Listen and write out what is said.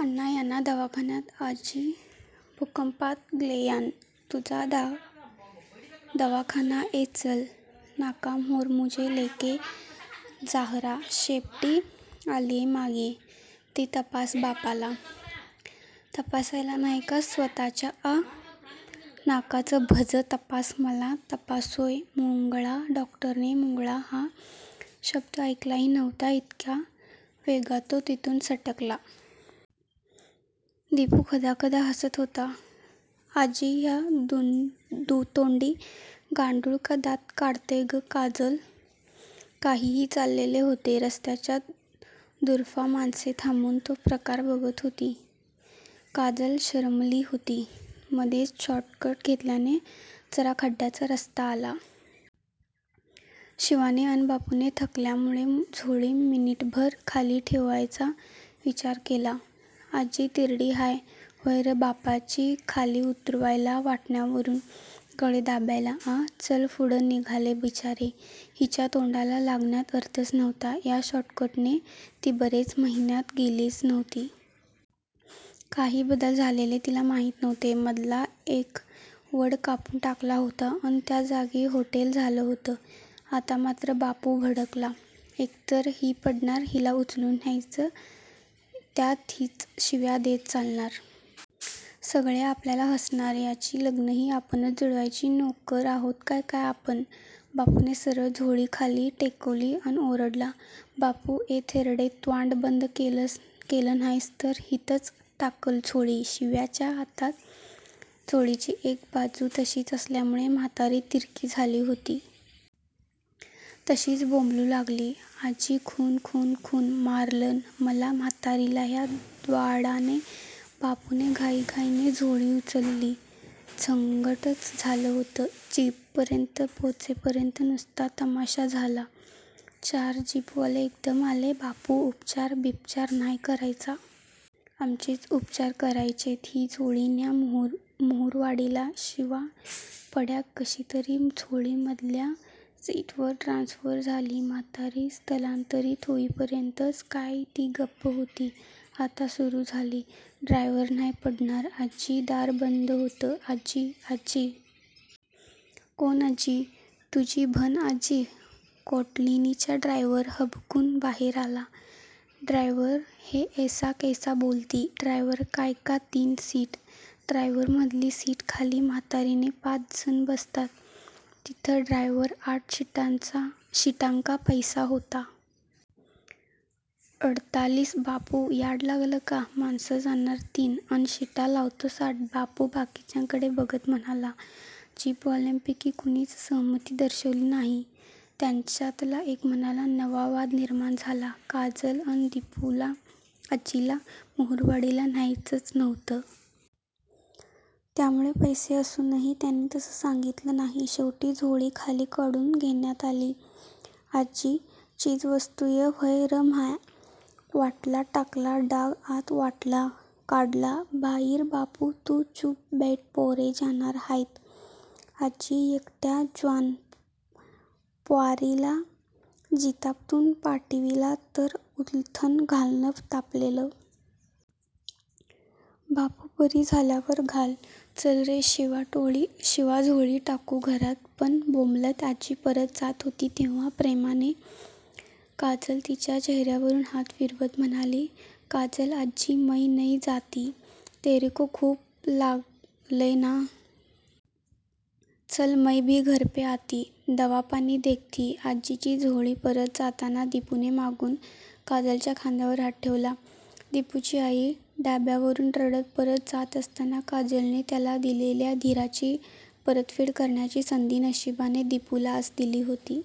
आणा यांना दवाखान्यात आजी भुकंपात ग्येलान तुझा दवाखाना ए चल नाकाम्होरं मुझे लेके जारहा शेपटी आलीय मागे ती तपास बापाला तपासला नाय का स्वतःच्या आ? नाकाचं भजं तपास मला तपासतोय मुंगळा डॉक्टरने मुंगळा हा शब्द ऐकलाही नव्हता इतक्या वेगात तो तिथून सटकला. दिपू खदाखदा हसत होता. आजी ह्यं दुतोंडी गांडुळ का दात काढतंय ग काजल? काहीही चाललेले होते. रस्त्याच्या दुतर्फा माणसे थांबून तो प्रकार बघत होती. काजल शरमली होती. मधेच शॉर्टकट घेतल्याने जरा खड्ड्यांचा रस्ता आला. शिवाने अन बापूने थकल्यामुळे झोळी मिनिटभर खाली ठेवायचा विचार केला. आजी तिरडी हाय व्हंय रं बापाची खाली उतरवायला? वाटण्यांवरून गळे दाबायला? आ? चल फुडं निघाले बिचारे. हिच्या तोंडाला लागण्यात अर्थच नव्हता. या शॉर्टकटने ती बरेच महिन्यात गेलीच नव्हती. काही बदल झालेले तिला माहीत नव्हते. मधला एक वड कापुन टाकला होता अन त्या जागी होटेल झालं होतं! आता मात्र बापू भडकला. एकतर ही पडणार, हिला उचलून न्यायचं! त्यात हीच शिव्या देत चालणार. सगळे आपल्याला हसणार! यांची लग्नंही आपणच जुळवायची. नोकर आहोत का काय आपण? बापूने सरळ झोळी खाली टेकवली अन ओरडला. बापू ये थेरडे त्वांड बंद क्येलं न्हायस तर हितंच टाकंल झोळी शिवाच्या हातात झोळीची एक बाजू तशीच असल्यामुळे म्हातारी तिरकी झाली होती. तशीच बोंबलू लागली. आजी खून खून खून.. मारलन मला म्हातारीला या द्वाडाने बापूने घाईघाईने झोळी उचलली. झंगटच झालं होतं! जीपपर्यंत पोचेपर्यंत नुसता तमाशा झाला. चार जीपवाले एकदम आले. बापू उपचार बिपचार नाय करायचा. आमचेच उपचार करायचेत. ही झोळी न्या महुरवाडीला शिवा पड्या कशीतरी झोळी मधल्या सीटवर ट्रान्स्फर झाली. म्हातारी स्थलांतरीत होईपर्यंतच काय ती गप्प होती. आता सुरू झाली. ड्रायव्हर नाय पडणार आजी दार बंद होतं. आजी आजी? कोन आजी? तुझी भन आजी! कोल्हाटणीच्या ड्रायव्हर हबकून बाहेर आला. ड्रायव्हर ये ऐसा कैसे बोलती? ड्रायव्हर कायका तीन सीट? ड्रायव्हर मधली सिट खाल्ली म्हातारीने पाच जण बसतात थितं ड्रायव्हर आठ शिटांका पैसा होता. अडतालीस. बापू याड लागलं का? माणसं जाणार तीन अन शिटा लावतोय आठ बापू बाकीच्यांकडे बघत म्हणाला. जीपवाल्यांपैकी कुणीच सहमती दर्शवली नाही. त्यांच्यातला एक म्हणाला: नवा वाद निर्माण झाला. काजल अन दिपूला आजीला महुरवाडीला न्यायचच नव्हतं! त्यामुळे पैसे असूनही त्यांनी तसं सांगीतलं नाही. शेवटी झोळी खाली काढुन घेण्यात आली. आजी चीजवस्तूय व्हय रं म्या? वाटला टाकला डाग आत वाटला काढला भाईर बापू तू चूप बैठ पोरे जाणार हायत आजी यकट्या ज्वान प्वारीला जीपातून पाठविलात तर उलथ्न घालंन तापलेलं. बापू बरी झाल्यावर घाल. चल रे शिवा झोळी टाकू घरात पुन्हा बोंबलत आजी परत जात होती तेव्हा प्रेमाने काजल तिच्या चेहर्यावरून हात फिरवत म्हणाली: काजल आजी मय नय जाती. तेरेको खूप लागलंय ना? चल मय बी घरपे आती. दवापानी देखती आजीची झोळी परत जाताना दिपूने मागून काजलच्या खांद्यावर हात ठेवला. दिपूची आई ढाब्यावरुन रडत परत जात असताना काजलने त्याला दिलेल्या धीराची परतफेड करण्याची संधी नशीबाने दिपूला आज दिली होती.